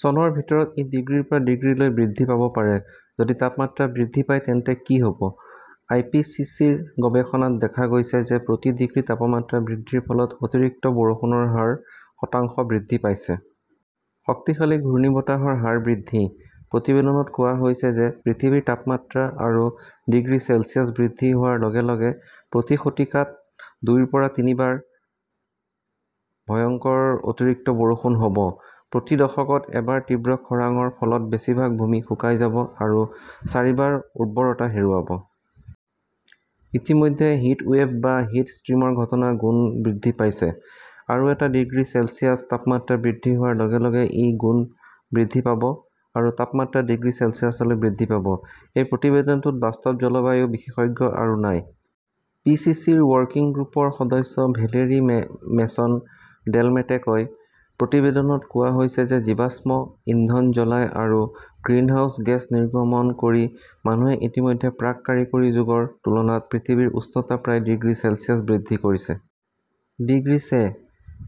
চনৰ ভিতৰত ই ডিগ্ৰীৰ পৰা ডিগ্ৰীলৈ বৃদ্ধি পাব পাৰে। যদি তাপমাত্ৰা বৃদ্ধি পায় তেন্তে কি হ "ব? আই. পি. চি. চি. -ৰ গৱেষণাত দেখা গৈছে যে প্ৰতি ডিগ্ৰী তাপমাত্ৰা বৃদ্ধিৰ ফলত অতিৰিক্ত বৰষুণৰ হাৰ শতাংশ বৃদ্ধি পাইছে। শক্তিশালী ঘূৰ্ণীবতাহৰ হাৰ বৃদ্ধি। প্ৰতিবেদনত কোৱা হৈছে যে পৃথিৱীৰ তাপমাত্ৰা আৰু ডিগ্ৰী চেলছিয়াছ বৃদ্ধি হোৱাৰ লগে লগে প্ৰতি শতিকাত দুইৰ পৰা তিনিবাৰ ভয়ংকৰ অতিৰিক্ত বৰষুণ হ "ব। প্ৰতি দশকত এবাৰ তীব্ৰ খৰাংৰ ফলত বেছিভাগ ভূমি শুকাই যাব আৰু চাৰিবাৰ উৰ্বৰতা হেৰুৱাব। ইতিমধ্যে হিট ৱেভ বা হিট ষ্ট্ৰীমৰ ঘটনা গুণ বৃদ্ধি পাইছে। আৰু এটা ডিগ্ৰী চেলছিয়াছ তাপমাত্ৰা বৃদ্ধি হোৱাৰ লগে লগে ই গুণ বৃদ্ধি পাব আৰু তাপমাত্ৰা ডিগ্ৰী চেলছিয়াছলৈ বৃদ্ধি পাব। "এই প্ৰতিবেদনটো বাস্তৱ", জলবায়ু বিশেষজ্ঞ আৰু আই. পি. চি. চি. -ৰ ৱৰ্কিং গ্ৰুপৰ সদস্য ভেলেৰী মেছন-ডেলমটে কয়। প্ৰতিবেদনত কোৱা হৈছে যে জীৱাশ্ম ইন্ধন জ্বলাই আৰু গ্ৰিনহাউজ গেছ নিৰ্গমন কৰি মানুহে ইতিমধ্যে প্ৰাক-কাৰিকৰী যুগৰ তুলনাত পৃথিৱীৰ উষ্ণতা প্ৰায় ডিগ্ৰী চেলছিয়াছ বৃদ্ধি কৰিছে। ডিগ্ৰী ছে।।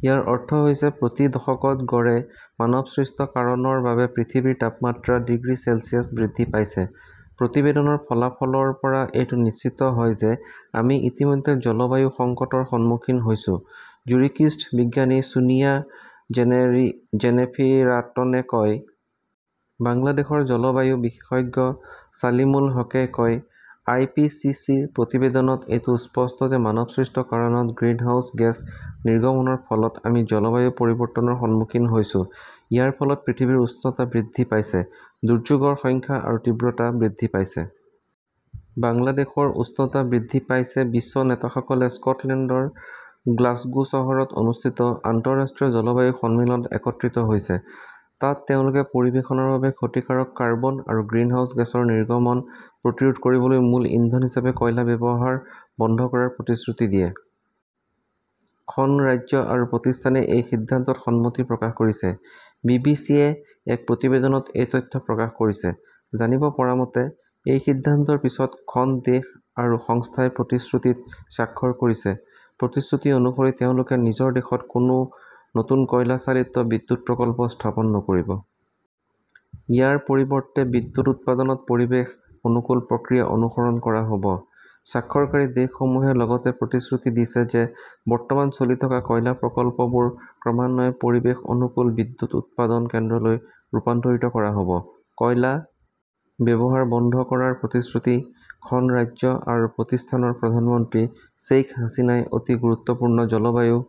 ইয়াৰ অৰ্থ হৈছে প্ৰতি দশকত গড়ে মানৱসৃষ্ট কাৰণৰ বাবে পৃথিৱীৰ তাপমাত্ৰা ডিগ্ৰী চেলছিয়াছ বৃদ্ধি পাইছে। "প্ৰতিবেদনৰ ফলাফলৰ পৰা এইটো নিশ্চিত হয় যে আমি ইতিমধ্যে জলবায়ু সংকটৰ সন্মুখীন হৈছো", জুৰিকস্থিত বিজ্ঞানী ছোনিয়া জেনেফিৰাটনে কয়। বাংলাদেশৰ জলবায়ু বিশেষজ্ঞ চালিমুল হকই কয়, "আই. পি. চি. চি. -ৰ প্ৰতিবেদনত এইটো স্পষ্ট যে মানৱসৃষ্ট কাৰণত গ্ৰীণহাউছ গেছ নিৰ্গমনৰ ফলত আমি জলবায়ু পৰিৱৰ্তনৰ সন্মুখীন হৈছো। ইয়াৰ ফলত পৃথিৱীৰ উষ্ণতা বৃদ্ধি পাইছে। দুৰ্যোগৰ সংখ্যা আৰু তীব্ৰতা বৃদ্ধি পাইছে। "। বাংলাদেশৰ উষ্ণতা বৃদ্ধি পাইছে বিশ্ব নেতাসকলে স্কটলেণ্ডৰ গ্লাছগো চহৰত অনুষ্ঠিত আন্তঃৰাষ্ট্ৰীয় জলবায়ু সন্মিলনত একত্ৰিত হৈছে। তাত তেওঁলোকে পৰিৱেশৰ বাবে ক্ষতিকাৰক কাৰ্বন আৰু গ্ৰিনহাউজ গেছৰ নিৰ্গমন প্ৰতিৰোধ কৰিবলৈ মূল ইন্ধন হিচাপে কয়লাৰ ব্যৱহাৰ বন্ধ কৰাৰ প্ৰতিশ্ৰুতি দিছে। খন ৰাজ্য আৰু প্ৰতিষ্ঠানে এই সিদ্ধান্তত সন্মতি প্ৰকাশ কৰিছে। বি. বি. চি. -য়ে এক প্ৰতিবেদনত এই তথ্য প্ৰকাশ কৰিছে। জানিব পৰা মতে, এই সিদ্ধান্তৰ পিছত খন দেশ আৰু সংস্থাই প্ৰতিশ্ৰুতিত স্বাক্ষৰ কৰিছিল। প্ৰতিশ্ৰুতি অনুসৰি তেওঁলোকে নিজৰ দেশত কোনো নতুন কয়লা চালিত বিদ্যুৎ প্ৰকল্প স্থাপন নকৰিব। ইয়াৰ পৰিৱৰ্তে বিদ্যুৎ উৎপাদনত পৰিৱেশ অনুকূল প্ৰক্ৰিয়া অনুসৰণ কৰা হ "ব। স্বাক্ষৰকাৰী দেশসমূহে লগতে প্ৰতিশ্ৰুতি দিছে যে বৰ্তমান চলি থকা কয়লা প্ৰকল্পবোৰ ক্ৰমান্বয়ে পৰিৱেশ অনুকূল বিদ্যুৎ উৎপাদন কেন্দ্ৰলৈ ৰূপান্তৰিত কৰা হ 'ব। কয়লা ব্যৱহাৰ বন্ধ কৰাৰ প্ৰতিশ্ৰুতি খন ৰাজ্য আৰু প্ৰতিষ্ঠানৰ প্ৰধানমন্ত্ৰী শ্বেইখ হাছিনাই অতি গুৰুত্বপূৰ্ণ জলবায়ু